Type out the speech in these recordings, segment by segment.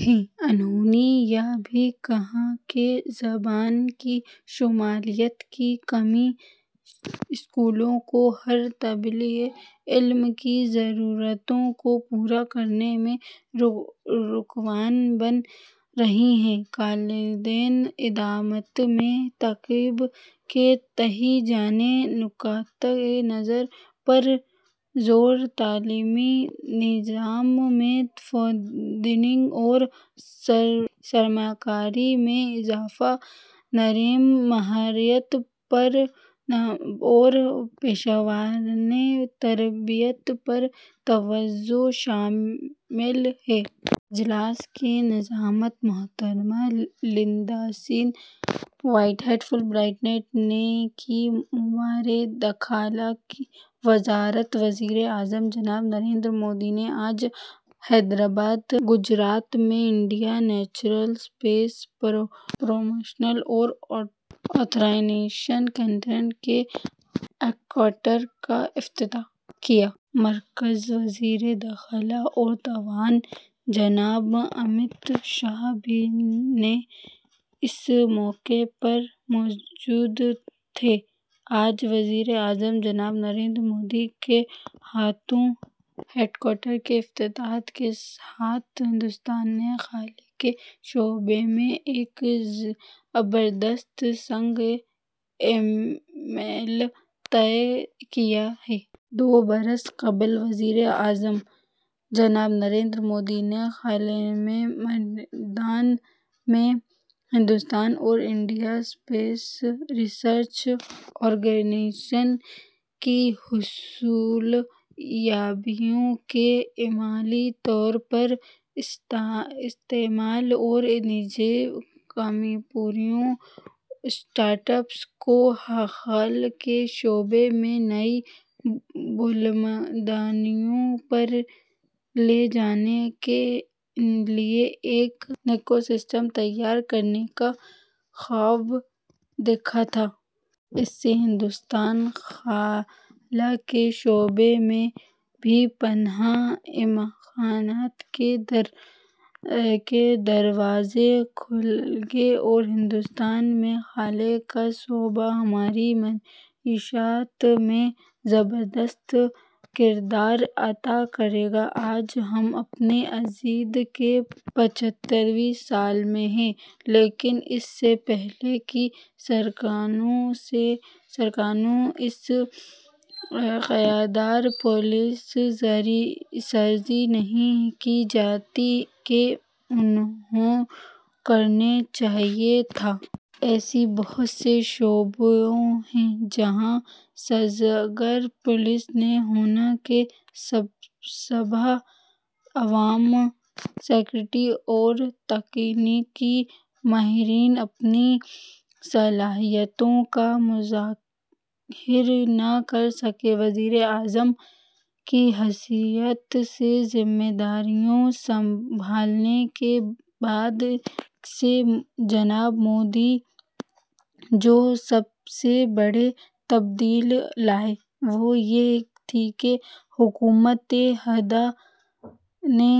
ہے۔ انہوں نے یہ بھی کہا کہ زبان کی شمولیت کی کمی اسکولوں کو ہر طالب علم کی ضروریات کو پورا کرنے میں رکاوٹ بن رہی ہے۔ کلیدی اقدامات میں تعلیم کے تئیں جامع نقطۂ نظر پر زور، تعلیمی نظام میں فنڈنگ اور سرمایہ کاری میں اضافہ، نرم مہارت اور پیشہ ورانہ تربیت پر توجہ شامل ہیں۔ اجلاس کی نظامت محترمہ لینسڈسائی وہیٹہیڈ، فلبرائٹ نے کی۔ امور داخلہ کی وزارت، وزیر اعظم جناب نریندر مودی نے آج احمد آباد، گجرات میں Indian national space promotion and authorisation centre کے ہیڈ کوارٹرز کا افتتاح کیا۔ مرکزی وزیر داخلہ اور تعاون جناب امیت شاہ بھی اس موقع پر موجود تھے۔ آج وزیر اعظم جناب نریندر مودی کے ہاتھوں ہیڈ کوارٹرز کے افتتاح کے ساتھ ہندوستان نے خلاء کے شعبے میں ایک زبردست سنگ میل طے کیا ہے۔ دو برس قبل وزیر اعظم جناب نریندر مودی نے خلاء کے میدان میں ہندوستان اور انڈین اسپیس ریسرچ آرگنائزیشن کی حصولیابیوں کے عملی طور پر استعمال اور نجی کمپنیوں، اسٹارٹ اپس کو خلاء کے شعبے میں نئی بلندیوں پر لے جانے کے لیے ایک ایکو سسٹم تیار کرنے کا خواب دیکھا تھا۔ اس سے ہندوستانی خلاء کے شعبے میں بے پناہ امکانات کا دروازہ کھلے گا اور ہندوستان میں خلاء کا شعبہ ہماری معیشت میں زبردست کردار ادا کرے گا۔ آج ہم اپنی آزادی کے پچھتر ویں سال میں ہیں، لیکن اس سے پہلے کی سرکاروں نے اس قدر پالیسی سازی نہیں کی جتنا کہ انہیں کرنا چاہیے تھا۔ ایسے بہت سے شعبے ہیں جہاں سازگار پالیسی نہ ہونے کے سبب عوام، سوسائٹی اور تکنیکی ماہرین اپنی صلاحیتوں کا مظاہرہ نہ کر سکے۔ وزیر اعظم کی حیثیت سے ذمہ داریاں سنبھالنے کے بعد سے جناب مودی جو سب سے بڑی تبدیلی لائے، وہ یہ تھی کہ حکومت ہند نے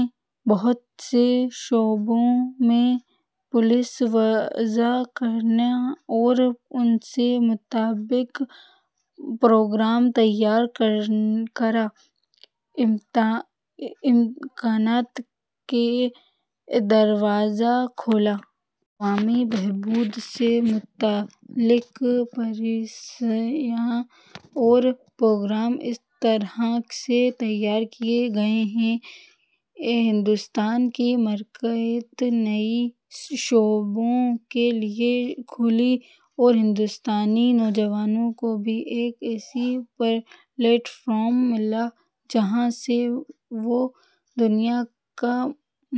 بہت سے شعبوں میں پالیسی وضع کرکے اور اس کے مطابق پروگرام تیار کرکے امکانات کے دروازے کھولے۔ عوامی بہبود سے متعلق پالیسیاں اور پروگرام اس طرح سے تیار کیے گئے کہ ہندوستان کی مارکیٹ نئے شعبوں کے لیے کھلی اور ہندوستانی نوجوانوں کو بھی ایک ایسا پلیٹ فارم ملا جہاں سے وہ دنیا کے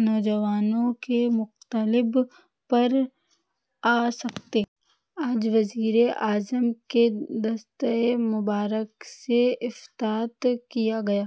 نوجوانوں کے مقابلے پر آ سکتے ہیں۔ آج وزیر اعظم کے دستِ مبارک سے افتتاح کیا گیا۔